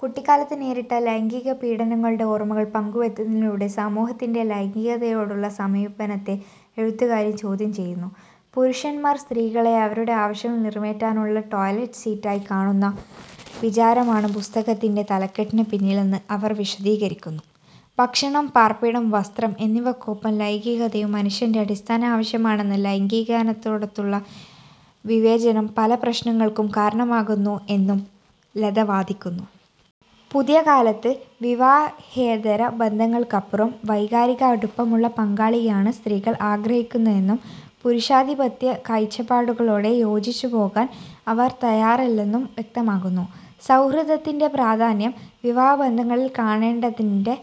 കുട്ടിക്കാലത്ത് നേരിട്ട ലൈംഗികപീഡനങ്ങളുടെ ഓർമ്മകൾ പങ്കുവെക്കുന്നതിലൂടെ സമൂഹത്തിന്റെ ലൈംഗികതയോടുള്ള സമീപനത്തെ എഴുത്തുകാരി ചോദ്യം ചെയ്യുന്നു. പുരുഷന്മാർ സ്ത്രീകളെ അവരുടെ ആവശ്യങ്ങൾ നിറവേറ്റാനുള്ള ടോയ്ലറ്റ് സീറ്റായി കാണുന്ന വിചാരമാണ് പുസ്തകത്തിന്റെ തലക്കെട്ടിന് പിന്നിലെന്ന് അവർ വിശദീകരിക്കുന്നു. ഭക്ഷണം, പാർപ്പിടം, വസ്ത്രം എന്നിവക്കൊപ്പം ലൈംഗികതയും മനുഷ്യന്റെ അടിസ്ഥാന ആവശ്യമാണെന്നും, ലൈംഗികാനന്ദത്തോടുള്ള വിവേചനം പല പ്രശ്നങ്ങൾക്കും കാരണമാകുന്നു എന്നും ലത വാദിക്കുന്നു. പുതിയകാലത്ത് വിവാഹേതര ബന്ധങ്ങൾക്കപ്പുറം വൈകാരിക അടുപ്പമുള്ള പങ്കാളിയെയാണ് സ്ത്രീകൾ ആഗ്രഹിക്കുന്നതെന്നും, പുരുഷാധിപത്യ കാഴ്ചപ്പാടുകളോട് യോജിച്ചുപോകാൻ അവർ തയാറല്ലെന്നും വ്യക്തമാക്കുന്നു. സൗഹൃദത്തിന്റെ പ്രാധാന്യം വിവാഹബന്ധങ്ങളിൽ കാണേണ്ടതിന്റെ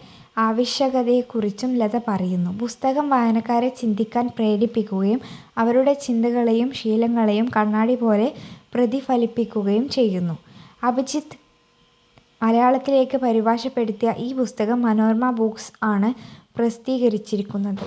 ആവശ്യകതയെക്കുറിച്ചും ലത പറയുന്നു. പുസ്തകം വായനക്കാരെ ചിന്തിക്കാൻ പ്രേരിപ്പിക്കുകയും അവരുടെ ചിന്തകളെയും ശീലങ്ങളെയും കണ്ണാടിപോലെ പ്രതിഫലിപ്പിക്കുകയും ചെയ്യുന്നു. അഭിജിത് മലയാളത്തിലേക്ക് പരിഭാഷപ്പെടുത്തിയ ഈ പുസ്തകം മനോരമ ബുക്സ് ആണ് പ്രസിദ്ധീകരിച്ചിരിക്കുന്നത്.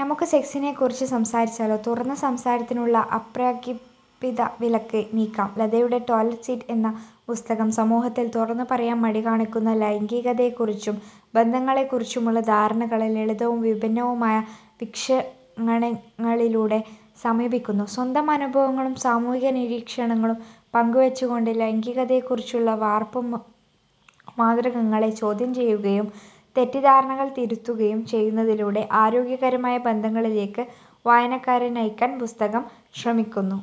നമുക്ക് സെക്സിനെക്കുറിച്ച് സംസാരിച്ചാലോ...; തുറന്ന സംസാരത്തിനുള്ള അപ്രഖ്യാപിത വിലക്ക് നീക്കാം ലതയുടെ 'ടോയ്ലറ്റ് സീറ്റ്' എന്ന പുസ്തകം, സമൂഹത്തിൽ തുറന്നുപറയാൻ മടി കാണിക്കുന്ന ലൈംഗികതയെക്കുറിച്ചും ബന്ധങ്ങളെക്കുറിച്ചുമുള്ള ധാരണകളെ ലളിതവും വിഭിന്നവുമായ വീക്ഷണങ്ങളിലൂടെ സമീപിക്കുന്നു. സ്വന്തം അനുഭവങ്ങളും സാമൂഹിക നിരീക്ഷണങ്ങളും പങ്കുവെച്ചുകൊണ്ട്, ലൈംഗികതയെക്കുറിച്ചുള്ള വാർപ്പുമാതൃകകളെ ചോദ്യം ചെയ്യുകയും തെറ്റിദ്ധാരണകൾ തിരുത്തുകയും ചെയ്യുന്നതിലൂടെ ആരോഗ്യകരമായ ബന്ധങ്ങളിലേക്ക് വായനക്കാരെ നയിക്കാൻ പുസ്തകം ശ്രമിക്കുന്നു.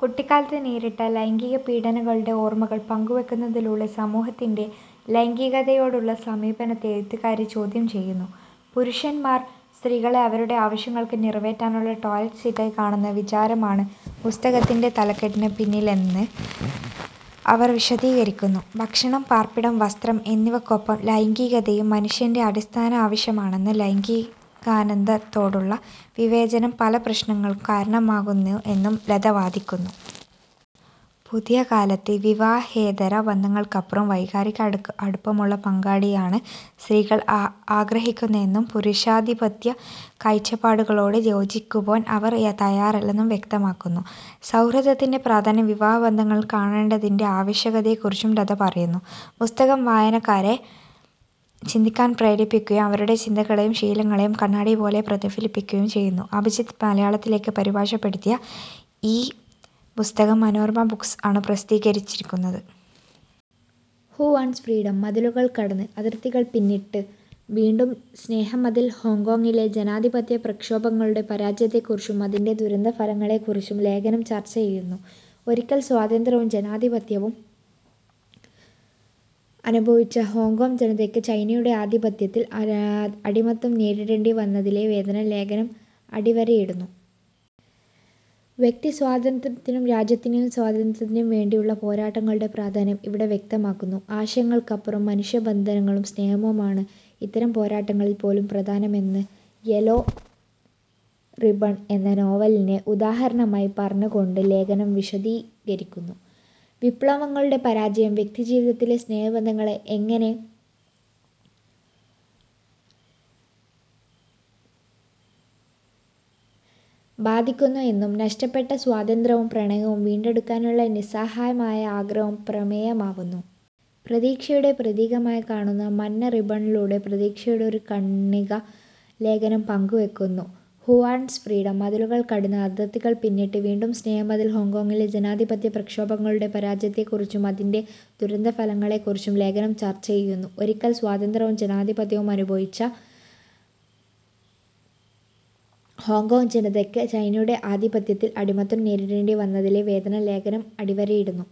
കുട്ടിക്കാലത്ത് നേരിട്ട ലൈംഗികപീഡനങ്ങളുടെ ഓർമ്മകൾ പങ്കുവെക്കുന്നതിലൂടെ സമൂഹത്തിന്റെ ലൈംഗികതയോടുള്ള സമീപനത്തെ എഴുത്തുകാരി ചോദ്യം ചെയ്യുന്നു. പുരുഷന്മാർ സ്ത്രീകളെ അവരുടെ ആവശ്യങ്ങൾ നിറവേറ്റാനുള്ള ടോയ്ലറ്റ് സീറ്റായി കാണുന്ന വിചാരമാണ് പുസ്തകത്തിന്റെ തലക്കെട്ടിന് പിന്നിലെന്ന് അവർ വിശദീകരിക്കുന്നു. ഭക്ഷണം, പാർപ്പിടം, വസ്ത്രം എന്നിവക്കൊപ്പം ലൈംഗികതയും മനുഷ്യന്റെ അടിസ്ഥാന ആവശ്യമാണെന്നും, ലൈംഗികാനന്ദത്തോടുള്ള വിവേചനം പല പ്രശ്നങ്ങൾക്കും കാരണമാകുന്നു എന്നും ലത വാദിക്കുന്നു. പുതിയകാലത്ത് വിവാഹേതര ബന്ധങ്ങൾക്കപ്പുറം വൈകാരിക അടുപ്പമുള്ള പങ്കാളിയെയാണ് സ്ത്രീകൾ ആഗ്രഹിക്കുന്നതെന്നും, പുരുഷാധിപത്യ കാഴ്ചപ്പാടുകളോട് യോജിച്ചുപോകാൻ അവർ തയാറല്ലെന്നും വ്യക്തമാക്കുന്നു. സൗഹൃദത്തിന്റെ പ്രാധാന്യം വിവാഹബന്ധങ്ങളിൽ കാണേണ്ടതിന്റെ ആവശ്യകതയെക്കുറിച്ചും ലത പറയുന്നു. പുസ്തകം വായനക്കാരെ ചിന്തിക്കാൻ പ്രേരിപ്പിക്കുകയും അവരുടെ ചിന്തകളെയും ശീലങ്ങളെയും കണ്ണാടിപോലെ പ്രതിഫലിപ്പിക്കുകയും ചെയ്യുന്നു. അഭിജിത് മലയാളത്തിലേക്ക് പരിഭാഷപ്പെടുത്തിയ ഈ പുസ്തകം മനോരമ ബുക്സ് ആണ് പ്രസിദ്ധീകരിച്ചിരിക്കുന്നത്. ഹു വാണ്ട്സ് ഫ്രീഡം; മതിലുകൾ കടന്ന്, അതിർത്തികൾ പിന്നിട്ട് വീണ്ടും സ്നേഹമതിൽ ഹോങ്കോങ്ങിലെ ജനാധിപത്യ പ്രക്ഷോഭങ്ങളുടെ പരാജയത്തെക്കുറിച്ചും അതിന്റെ ദുരന്ത ഫലങ്ങളെക്കുറിച്ചും ലേഖനം ചർച്ച ചെയ്യുന്നു. ഒരിക്കൽ സ്വാതന്ത്ര്യവും ജനാധിപത്യവും അനുഭവിച്ച ഹോങ്കോംഗ് ജനതയ്ക്ക് ചൈനയുടെ ആധിപത്യത്തിൽ അടിമത്തം നേരിടേണ്ടി വന്നതിലെ വേദന ലേഖനം അടിവരയിടുന്നു. വ്യക്തിസ്വാതന്ത്ര്യത്തിനും രാജ്യത്തിന്റെ സ്വാതന്ത്ര്യത്തിനും വേണ്ടിയുള്ള പോരാട്ടങ്ങളുടെ പ്രാധാന്യം ഇവിടെ വ്യക്തമാക്കുന്നു. ആശയങ്ങൾക്കപ്പുറം മനുഷ്യബന്ധങ്ങളും സ്നേഹവുമാണ് ഇത്തരം പോരാട്ടങ്ങളിൽ പോലും പ്രധാനമെന്ന് യെല്ലോ റിബ്ബൺ എന്ന നോവലിനെ ഉദാഹരണമായി പറഞ്ഞുകൊണ്ട് ലേഖനം വിശദീകരിക്കുന്നു. വിപ്ലവങ്ങളുടെ പരാജയം വ്യക്തിജീവിതത്തിലെ സ്നേഹബന്ധങ്ങളെ എങ്ങനെ ബാധിക്കുന്നു എന്നും, നഷ്ടപ്പെട്ട സ്വാതന്ത്ര്യവും പ്രണയവും വീണ്ടെടുക്കാനുള്ള നിസ്സഹായമായ ആഗ്രഹവും പ്രമേയമാവുന്നു. പ്രതീക്ഷയുടെ പ്രതീകമായി കാണുന്ന മഞ്ഞ റിബ്ബണിലൂടെ പ്രതീക്ഷയുടെ ഒരു കണിക ലേഖനം പങ്കുവെക്കുന്നു. ഹു വാണ്ട്സ് ഫ്രീഡം; മതിലുകൾ കടന്ന്, അതിർത്തികൾ പിന്നിട്ട് വീണ്ടും സ്നേഹമതിൽ ഹോങ്കോങ്ങിലെ ജനാധിപത്യ പ്രക്ഷോഭങ്ങളുടെ പരാജയത്തെക്കുറിച്ചും അതിന്റെ ദുരന്ത ഫലങ്ങളെക്കുറിച്ചും ലേഖനം ചർച്ച ചെയ്യുന്നു. ഒരിക്കൽ സ്വാതന്ത്ര്യവും ജനാധിപത്യവും അനുഭവിച്ച ഹോങ്കോംഗ് ജനതയ്ക്ക് ചൈനയുടെ ആധിപത്യത്തിൽ അടിമത്തം നേരിടേണ്ടി വന്നതിലെ വേദന ലേഖനം അടിവരയിടുന്നു.